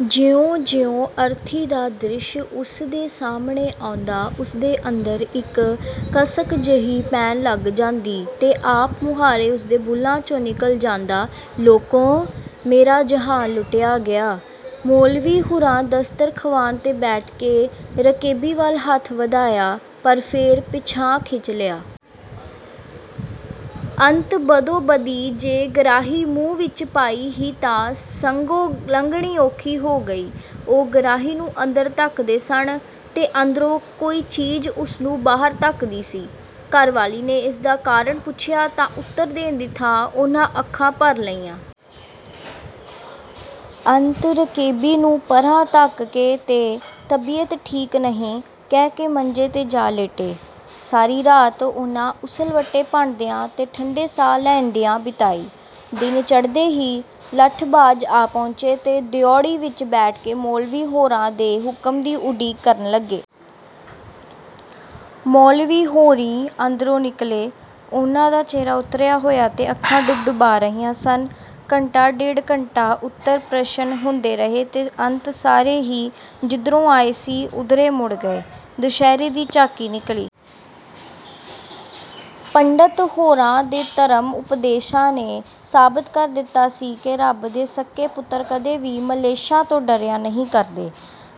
ਜਿਉਂ ਜਿਉਂ ਅਰਥੀ ਦਾ ਦ੍ਰਿਸ਼ ਉਸ ਦੇ ਸਾਹਮਣੇ ਆਉਂਦਾ ਉਸ ਦੇ ਅੰਦਰ ਇਕ ਕਸਕ ਜਹੀ ਪੈਣ ਲਗ ਜਾਂਦੀ ਤੇ ਆਪ ਮੁਹਾਰੇ ਉਸ ਦੇ ਬੁਲ੍ਹਾਂ ਚੋਂ ਨਿਕਲ ਜਾਂਦਾ, "ਲੋਕੋ! ਮੇਰਾ ਜਹਾਨ ਲੁੱਟਿਆ ਗਿਆ! " ਮੌਲਵੀ ਹੁਰਾਂ ਦਸਤਰ ਖਵਾਨ ਤੇ ਬੈਠ ਕੇ ਰਕੇਬੀ ਵਲ ਹੱਥ ਵਧਾਇਆ, ਪਰ ਫੇਰ ਪਿਛਾਂਹ ਖਿਚ ਲਿਆ। ਅੰਤ ਬਦੋ ਬਦੀ ਜੇ ਗਰਾਹੀ ਮੂੰਹ ਵਿਚ ਪਾਈ ਹੀ ਤਾਂ ਸੰਘੋ ਲੰਘਣੀ ਔਖੀ ਹੋ ਗਈ। ਉਹ ਗਰਾਹੀ ਨੂੰ ਅੰਦਰ ਧਕਦੇ ਸਨ ਤੇ ਅੰਦਰੋਂ ਕੋਈ ਚੀਜ਼ ਉਸ ਨੂੰ ਬਾਹਰ ਧੱਕਦੀ ਸੀ। ਘਰ ਵਾਲੀ ਨੇ ਇਸ ਦਾ ਕਾਰਨ ਪੁੱਛਿਆ ਤਾਂ ਉਤਰ ਦੇਣ ਦੀ ਥਾਂ ਉਨ੍ਹਾਂ ਅੱਖਾਂ ਭਰ ਲਈਆਂ। ਅੰਤ ਰਕੇਬੀ ਨੂੰ ਪਰ੍ਹਾਂ ਧੱਕ ਕੇ ਤੇ 'ਤਬੀਅਤ ਠੀਕ ਨਹੀਂ' ਕਹਿ ਕੇ ਮੰਜੇ ਤੇ ਜਾ ਲੇਟੇ। ਸਾਰੀ ਰਾਤ ਉਨ੍ਹਾਂ ਉਸੱਲਵੱਟੇ ਭੰਨਦਿਆਂ ਤੇ ਠੰਢੇ ਸਾਹ ਲੈਂਦਿਆਂ ਬਿਤਾਈ। ਦਿਨ ਚੜ੍ਹਦੇ ਹੀ - ਲਠ ਬਾਜ਼ ਆ ਪਹੁੰਚੇ ਤੇ ਡਿਓਢੀ ਵਿਚ ਬੈਠ ਕੇ ਮੌਲਵੀ ਹੋਰਾਂ ਦੇ ਹੁਕਮ ਦੀ ਉਡੀਕ ਕਰਨ ਲੱਗੇ। ਮੌਲਵੀ ਹੋਰੀਂ ਅੰਦਰੋਂ ਨਿਕਲੇ। ਉਹਨਾਂ ਦਾ ਚਿਹਰਾ ਉਤਰਿਆ ਹੋਇਆ ਤੇ ਅੱਖਾਂ ਡੁਬਡੁਬਾ ਰਹੀਆਂ ਸਨ। ਘੰਟਾ ਡੇਢ ਘੰਟਾ ਉੱਤਰ ਪ੍ਰਸ਼ਨ ਹੁੰਦੇ ਰਹੇ ਤੇ ਅੰਤ ਸਾਰੇ ਹੀ, ਜਿਧਰੋਂ ਆਏ ਸੀ, ਉਧਰੇ ਮੁੜ ਗਏ। ਦੁਸਹਿਰੇ ਦੀ ਝਾਕੀ ਨਿਕਲੀ। ਪੰਡਤ ਹੋਰਾਂ ਦੇ ਧਰਮ ਉਪਦੇਸ਼ਾਂ ਨੇ ਸਾਬਤ ਕਰ ਦਿਤਾ ਸੀ ਕਿ ਰਬ ਦੇ ਸੱਕੇ ਪੁਤਰ ਕਦੇ ਵੀ ਮਲੇਛਾਂ ਤੋਂ ਡਰਿਆ ਨਹੀਂ ਕਰਦੇ।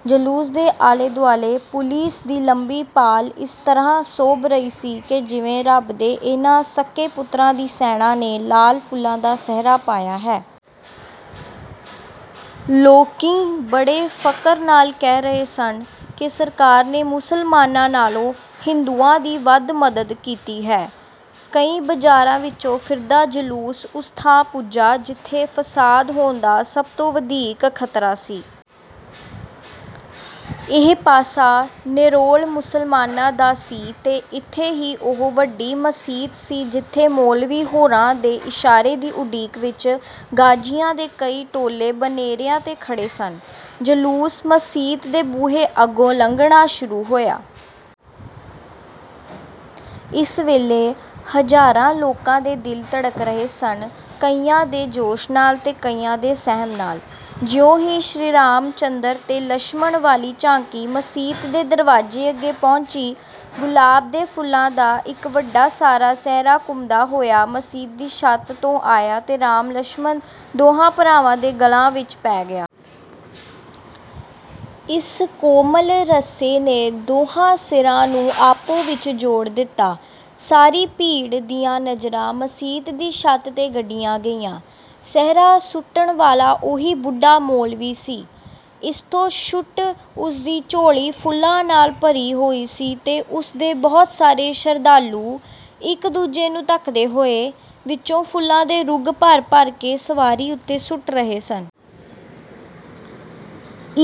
ਜਲੂਸ ਦੇ ਆਲੇ ਦੁਆਲੇ ਪੁਲੀਸ ਦੀ ਲੰਮੀ ਪਾਲ ਇਸ ਤਰ੍ਹਾਂ ਸੋਭ ਰਹੀ ਸੀ ਕਿ ਜਿਵੇਂ ਰੱਬ ਦੇ ਇਹਨਾਂ ਸੱਕੇ ਪੁੱਤਰਾਂ ਦੀ ਸੈਨਾ ਨੇ ਲਾਲ ਫੁਲਾਂ ਦਾ ਸਿਹਰਾ ਪਾਇਆ ਹੈ। ਲੋਕੀਂ ਬੜੇ ਫਕਰ ਨਾਲ ਕਹਿ ਰਹੇ ਸਨ ਕਿ ਸਰਕਾਰ ਨੇ ਮੁਸਲਮਾਨਾਂ ਨਾਲੋਂ ਹਿੰਦੂਆਂ ਦੀ ਵੱਧ ਮਦਦ ਕੀਤੀ ਹੈ। ਕਈ ਬਾਜ਼ਾਰਾਂ ਵਿਚੋਂ ਫਿਰਦਾ ਜਲੂਸ ਉਸ ਥਾਂ ਪੁੱਜਾ ਜਿਥੇ ਫ਼ਸਾਦ ਹੋਣ ਦਾ ਸਭ ਤੋਂ ਵਧੀਕ ਖ਼ਤਰਾ ਸੀ। ਇਹ ਪਾਸਾ ਨਿਰੋਲ ਮੁਸਲਮਾਨਾਂ ਦਾ ਸੀ ਤੇ ਇਥੇ ਹੀ ਉਹ ਵਡੀ ਮਸੀਤ ਸੀ ਜਿਥੇ ਮੌਲਵੀ ਹੋਰਾਂ ਦੇ ਇਸ਼ਾਰੇ ਦੀ ਉਡੀਕ ਵਿਚ ਗ਼ਾਜ਼ੀਆਂ ਦੇ ਕਈ ਟੋਲੇ ਬਨੇਰਿਆਂ ਤੇ ਖੜੇ ਸਨ। ਜਲੂਸ ਮਸੀਤ ਦੇ ਬੂਹੇ ਅੱਗੋਂ ਲੰਘਣਾ ਸ਼ੁਰੂ ਹੋਇਆ। ਇਸ ਵੇਲੇ ਹਜ਼ਾਰਾਂ ਲੋਕਾਂ ਦੇ ਦਿਲ ਧੜਕ ਰਹੇ ਸਨ-ਕਈਆਂ ਦੇ ਜੋਸ਼ ਨਾਲ ਤੇ ਕਈਆਂ ਦੇ ਸਹਿਮ ਨਾਲ। ਜਿਉਂ ਹੀ ਸ੍ਰੀ ਰਾਮ ਚੰਦਰ ਤੇ ਲਛਮਣ ਵਾਲੀ ਝਾਕੀ ਮਸੀਤ ਦੇ ਦਰਵਾਜ਼ੇ ਅੱਗੇ ਪਹੁੰਚੀ, ਗੁਲਾਬ ਦੇ ਫੁੱਲਾਂ ਦਾ ਇਕ ਵੱਡਾ ਸਾਰਾ ਸਿਹਰਾ ਘੁੰਮਦਾ ਹੋਇਆ ਮਸੀਤ ਦੀ ਛੱਤ ਤੋਂ ਆਇਆ ਤੇ ਰਾਮ ਲਛਮਣ, ਦੋਹਾਂ ਭਰਾਵਾਂ ਦੇ ਗਲਾਂ ਵਿਚ ਪੈ ਗਿਆ। ਇਸ ਕੋਮਲ ਰੱਸੇ ਨੇ ਦੁਹਾਂ ਸਿਰਾਂ ਨੂੰ ਆਪੋ ਵਿਚ ਜੋੜ ਦਿਤਾ। ਸਾਰੀ ਭੀੜ ਦੀਆਂ ਨਜ਼ਰਾਂ ਮਸੀਤ ਦੀ ਛੱਤ ਤੇ ਗੱਡੀਆਂ ਗਈਆਂ। ਸਿਹਰਾ ਸੁੱਟਣ ਵਾਲਾ ਉਹੀ ਬੁੱਢਾ ਮੌਲਵੀ ਸੀ। ਇਸ ਤੋਂ ਛੁੱਟ ਉਸਦੀ ਝੋਲੀ ਫੁੱਲਾਂ ਨਾਲ ਭਰੀ ਹੋਈ ਸੀ ਤੇ ਉਸ ਦੇ ਬਹੁਤ ਸਾਰੇ ਸ਼ਰਧਾਲੂ, ਇਕ ਦੂਜੇ ਨੂੰ ਧਕਦੇ ਹੋਏ, ਵਿਚੋਂ ਫੁੱਲਾਂ ਦੇ ਰੁਗ ਭਰ ਭਰ ਕੇ ਸਵਾਰੀ ਉਤੇ ਸੁਟ ਰਹੇ ਸਨ।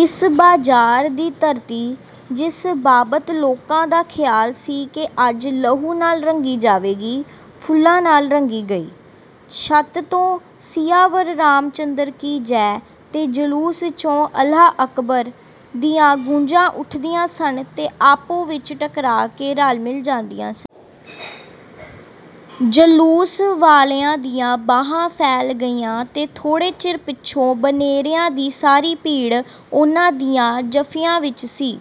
ਇਸ ਬਾਜ਼ਾਰ ਦੀ ਧਰਤੀ, ਜਿਸ ਬਾਬਤ ਲੋਕਾਂ ਦਾ ਖਿਆਲ ਸੀ ਕਿ ਅੱਜ ਲਹੂ ਨਾਲ ਰੰਗੀ ਜਾਵੇਗੀ, ਫੁੱਲਾਂ ਨਾਲ ਰੰਗੀ ਗਈ। ਛਤ ਤੋਂ 'ਸੀਆ ਵਰ ਰਾਮ ਚੰਦਰ ਕੀ ਜੈ ਤੇ ਜਲੂਸ ਵਿਚੋਂ 'ਅੱਲਾਹ ਅਕਬਰ' ਦੀਆਂ ਗੂੰਜਾਂ ਉਠਦੀਆਂ ਸਨ ਤੇ ਆਪੋ ਵਿਚ ਟਕਰਾ ਕੇ ਰਲ ਮਿਲ ਜਾਂਦੀਆਂ ਸਨ। ਜਲੂਸ ਵਾਲਿਆਂ ਦੀਆਂ ਬਾਹਾਂ ਫੈਲ ਗਈਆਂ ਤੇ ਥੋੜੇ ਚਿਰ ਪਿਛੋਂ ਬਨੇਰਿਆਂ ਦੀ ਸਾਰੀ ਭੀੜ ਉਹਨਾਂ ਦੀਆਂ ਜੱਫੀਆਂ ਵਿਚ ਸੀ।